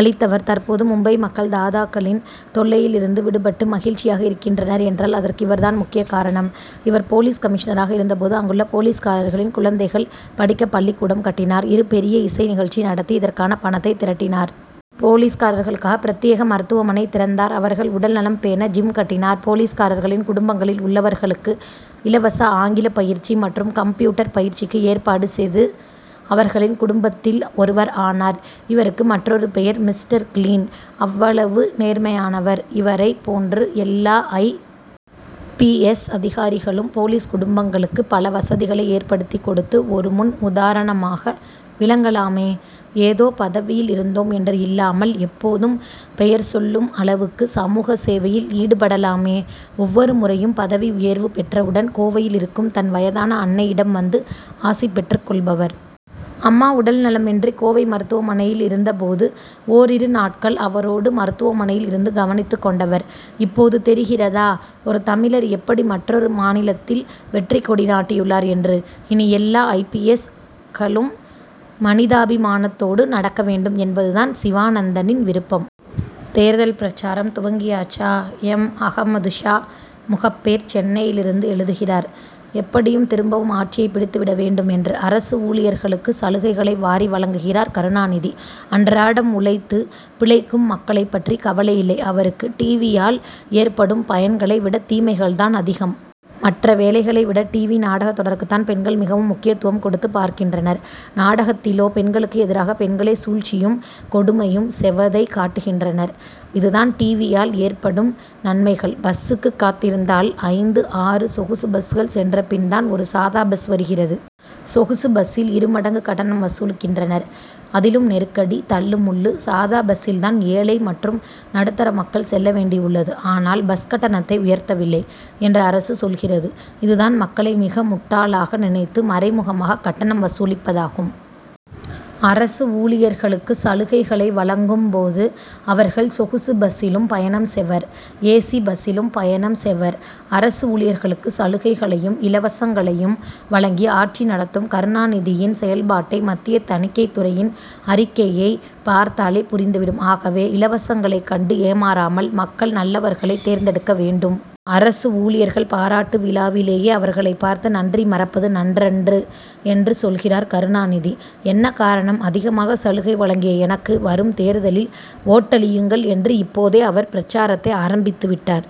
அழித்தவர். தற்போது மும்பை மக்கள், தாதாக்களின் தொல்லையில் இருந்து விடுபட்டு மகிழ்ச்சியாக இருக்கின்றனர் என்றால், அதற்கு இவர் தான் முக்கிய காரணம். இவர், போலீஸ் கமிஷனராக இருந்த போது, அங்குள்ள போலீஸ்காரர்களின் குழந்தைகள் படிக்க பள்ளிக்கூடம் கட்டினார். இரு பெரிய இசை நிகழ்ச்சி நடத்தி, இதற்கான பணத்தை திரட்டினார். போலீஸ்காரர்களுக்காக, பிரத்யேக மருத்துவமனை திறந்தார். அவர்கள் உடல்நலம் பேண, ஜிம் கட்டினார். போலீஸ்காரர்களின் குடும்பங்களில் உள்ளவர்களுக்கு, இலவச ஆங்கிலப்பயிற்சி மற்றும் கம்ப்யூட்டர் பயிற்சிக்கு ஏற்பாடு செது, அவர்களின் குடும்பத்தில் ஒருவர் ஆனார். இவருக்கு மற்றொரு பெயர், மிஸ்டர் கிளீன்! அவ்வளவு நேர்மையானவர். இவரை போன்று எல்லா ஐ. பி. எஸ். அதிகாரிகளும், போலீஸ் குடும்பங்களுக்கு பல வசதிகளை ஏற்படுத்தி கொடுத்து, ஒரு முன் உதாரணமாக விளங்கலாமே? ஏதோ பதவியில் இருந்தோம் என்று இல்லாமல், எப்போதும் பெயர் சொல்லும் அளவுக்கு, சமூக சேவையில் ஈடுபடலாமே. ஒவ்வொரு முறையும் பதவி உயர்வு பெற்றவுடன், கோவையில் இருக்கும் தன் வயதான அன்னையிடம் வந்து ஆசிபெற்றுக் கொள்பவர். அம்மா உடல்நலமின்றி கோவை மருத்துவமனையிலிருந்த போது, ஓரிரு நாட்கள் அவரோடு மருத்துவமனையில் இருந்து கவனித்துக் கொண்டவர். இப்போது தெரிகிறதா? ஒரு தமிழர் எப்படி மற்றொரு மாநிலத்தில் வெற்றிக்கொடி நாட்டியுள்ளார் என்று. இனி எல்லா ஐ. பி. எஸ்.களும் மனிதாபிமானத்தோடு நடக்க வேண்டும் என்பது தான் சிவானந்தனின் விருப்பம். தேர்தல் பிரசாரம் துவங்கியாச்சா? எம். அகமதுஷா, முகப்பேர், சென்னையிலிருந்து எழுதுகிறார்: எப்படியும் திரும்பவும் ஆட்சியை பிடித்துவிட வேண்டும் என்று, அரசு ஊழியர்களுக்கு சலுகைகளை வாரி வழங்குகிறார் கருணாநிதி. அன்றாடம் உழைத்து பிழைக்கும் மக்களைப் பற்றி கவலையில்லை அவருக்கு. டிவியால் ஏற்படும் பயன்களை விட, தீமைகள் தான் அதிகம். மற்ற வேலைகளை விட, டிவி நாடக தொடருக்குத்தான் பெண்கள் மிகவும் முக்கியத்துவம் கொடுத்து பார்க்கின்றனர். நாடகத்திலோ, பெண்களுக்கு எதிராக, பெண்களே சூழ்ச்சியும், கொடுமையும் செவதை காட்டுகின்றனர். இதுதான், டிவியால் ஏற்படும், நன்மைகள்! பஸ்சுக்கு காத்திருந்தால், ஐந்து, ஆறு சொகுசு பஸ்கள் சென்றபின் தான் ஒரு சாதா பஸ் வருகிறது. சொகுசு பஸ்சில், இருமடங்கு கட்டணம் வசூலிக்கின்றனர். அதிலும் நெருக்கடி, தள்ளு முள்ளு. சாதா பஸ்சில் தான் ஏழை மற்றும் நடுத்தர மக்கள் செல்ல வேண்டி உள்ளது. ஆனால், பஸ் கட்டணத்தை உயர்த்தவில்லை என்று அரசு சொல்கிறது. இதுதான், மக்களை மிக முட்டாளாக நினைத்து, மறைமுகமாக கட்டணம் வசூலிப்பதாகும். அரசு ஊழியர்களுக்கு சலுகைகளை வழங்கும் போது, அவர்கள் சொகுசு பஸ்சிலும் பயணம் செவர், ஏசி பஸ்சிலும் பயணம் செவர். அரசு ஊழியர்களுக்கு சலுகைகளையும், இலவசங்களையும் வழங்கி, ஆட்சி நடத்தும் கருணாநிதியின் செயல்பாட்டை, மத்திய தணிக்கை துறையின் அறிக்கையை பார்த்தாலே புரிந்து விடும். ஆகவே, இலவசங்களை கண்டு ஏமாறாமல், மக்கள், நல்லவர்களை தேர்ந்தெடுக்க வேண்டும். அரசு ஊழியர்கள் பாராட்டு விழாவிலேயே, அவர்களை பார்த்து, நன்றி மறப்பது நன்றன்று என்று சொல்கிறார் கருணாநிதி. என்ன காரணம்? அதிகமாக சலுகை வழங்கிய எனக்கு, வரும் தேர்தலில் ஓட்டளியுங்கள் என்று, இப்போதே அவர் பிரசாரத்தை ஆரம்பித்து விட்டார்.